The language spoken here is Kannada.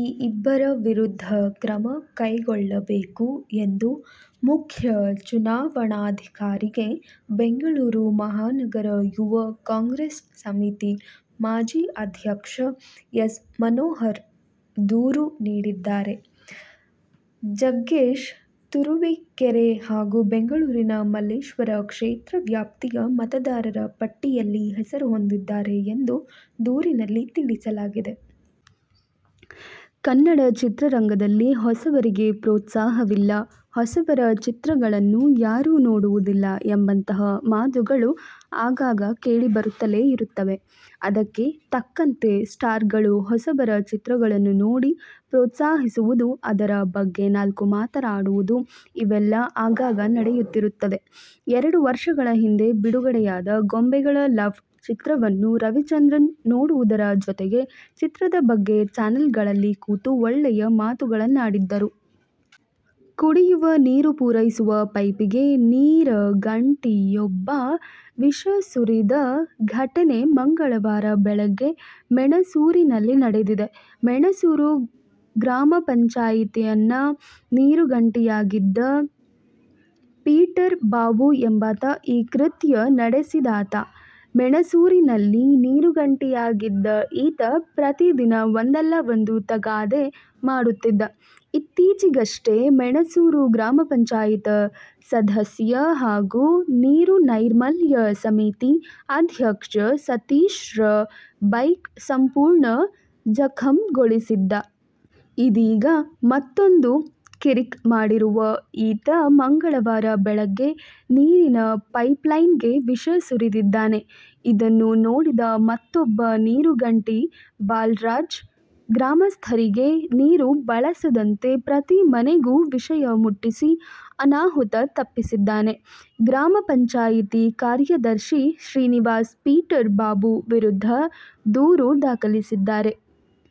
ಈ ಇಬ್ಬರ ವಿರುದ್ಧ ಕ್ರಮ ಕೈಗೊಳ್ಳಬೇಕು ಎಂದು ಮುಖ್ಯ ಚುನಾವಣಾಧಿಕಾರಿಗೆ ಬೆಂಗಳೂರು ಮಹಾನಗರ ಯುವ ಕಾಂಗ್ರೆಸ್ ಸಮಿತಿ ಮಾಜಿ ಅಧ್ಯಕ್ಷ ಎಸ್. ಮನೋಹರ್ ದೂರು ನೀಡಿದ್ದಾರೆ. ಜಗ್ಗೇಶ್ ತುರುವೆಕೆರೆ ಹಾಗೂ ಬೆಂಗಳೂರಿನ ಮಲ್ಲೇಶ್ವರ ಕ್ಷೇತ್ರ ವ್ಯಾಪ್ತಿಯ ಮತದಾರರ ಪಟ್ಟಿಯಲ್ಲಿ ಹೆಸರು ಹೊಂದಿದ್ದಾರೆ ಎಂದು ದೂರಿನಲ್ಲಿ ತಿಳಿಸಲಾಗಿದೆ. ಕನ್ನಡ ಚಿತ್ರರಂಗದಲ್ಲಿ ಹೊಸಬರಿಗೆ ಪ್ರೋತ್ಸಾಹವಿಲ್ಲ, ಹೊಸಬರ ಚಿತ್ರಗಳನ್ನು ಯಾರೂ ನೋಡುವುದಿಲ್ಲ ಎಂಬಂತಹ ಮಾತುಗಳು ಆಗಾಗ ಕೇಳಿ ಬರುತ್ತಲೇ ಇರುತ್ತವೆ. ಅದಕ್ಕೆ ತಕ್ಕಂತೆ ಸ್ಟಾರ್ಗಳು ಹೊಸಬರ ಚಿತ್ರಗಳನ್ನು ನೋಡಿ ಪ್ರೋತ್ಸಾಹಿಸುವುದು, ಅದರ ಬಗ್ಗೆ ನಾಲ್ಕು ಮಾತಾಡುವುದು ಇವೆಲ್ಲಾ ಆಗಾಗ ನಡೆಯುತ್ತಿರುತ್ತದೆ. ಎರಡು ವರ್ಷಗಳ ಹಿಂದೆ ಬಿಡುಗಡೆಯಾದ "ಗೊಂಬೆಗಳ ಲವ್' ಚಿತ್ರವನ್ನು ರವಿಚಂದ್ರನ್ ನೋಡುವುದರ ಜೊತೆಗೆ, ಚಿತ್ರದ ಬಗ್ಗೆ ಚಾನಲ್ಗಳಲ್ಲಿ ಕೂತು ಒಳ್ಳೆಯ ಮಾತುಗಳನ್ನಾಡಿದ್ದರು. ಕುಡಿಯುವ ನೀರು ಪೂರೈಸುವ ಪೈಪಿಗೆ ನೀರಗಂಟಿಯೊಬ್ಬ ವಿಷ ಸುರಿದ ಘಟನೆ ಮಂಗಳವಾರ ಬೆಳಗ್ಗೆ ಮೆಣಸೂರಿನಲ್ಲಿ ನಡೆದಿದೆ. ಮೆಣಸೂರು ಗ್ರಾಪಂನ ನೀರುಗಂಟಿಯಾಗಿದ್ದ ಪೀಟರ್ ಬಾಬು ಎಂಬಾತ ಈ ಕೃತ್ಯ ನಡೆಸಿದಾತ. ಮೆಣಸೂರಿನಲ್ಲಿ ನೀರುಗಂಟಿಯಾಗಿದ್ದ ಈತ ಪ್ರತಿದಿನ ಒಂದಲ್ಲಾ ಒಂದು ತಗಾದೆ ಮಾಡುತ್ತಿದ್ದ. ಇತ್ತೀಚಿಗಷ್ಟೇ ಮೆಣಸೂರು ಗ್ರಾಪಂ ಸದಸ್ಯ ಹಾಗೂ ನೀರು ನೈರ್ಮಲ್ಯ ಸಮಿತಿ ಅಧ್ಯಕ್ಷ ಸತೀಶ್ರ ಬೈಕ್ ಸಂಪೂರ್ಣ ಜಖಂಗೊಳಿಸಿದ್ದ. ಇದೀಗ ಮತ್ತೂಂದು ಕಿರಿಕ್ ಮಾಡಿರುವ ಈತ ಮಂಗಳವಾರ ಬೆಳಗ್ಗೆ ನೀರಿನ ಪೈಪ್ಲೈನ್ಗೆ ವಿಷ ಸುರಿದಿದ್ದಾನೆ. ಇದನ್ನು ನೋಡಿದ ಮತ್ತೂಬ್ಬ ನೀರುಗಂಟಿ ಬಾಲರಾಜ್ ಗ್ರಾಮಸ್ಥರಿಗೆ ನೀರು ಬಳಸದಂತೆ ಪ್ರತಿ ಮನೆಗೂ ವಿಷಯ ಮುಟ್ಟಿಸಿ ಅನಾಹುತ ತಪ್ಪಿಸಿದ್ದಾನೆ. ಗ್ರಾಪಂ ಕಾರ್ಯದರ್ಶಿ ಶ್ರೀನಿವಾಸ್ ಪೀಟರ್ ಬಾಬು ವಿರುದ್ಧ ದೂರು ದಾಖಲಿಸಿದ್ದಾರೆ.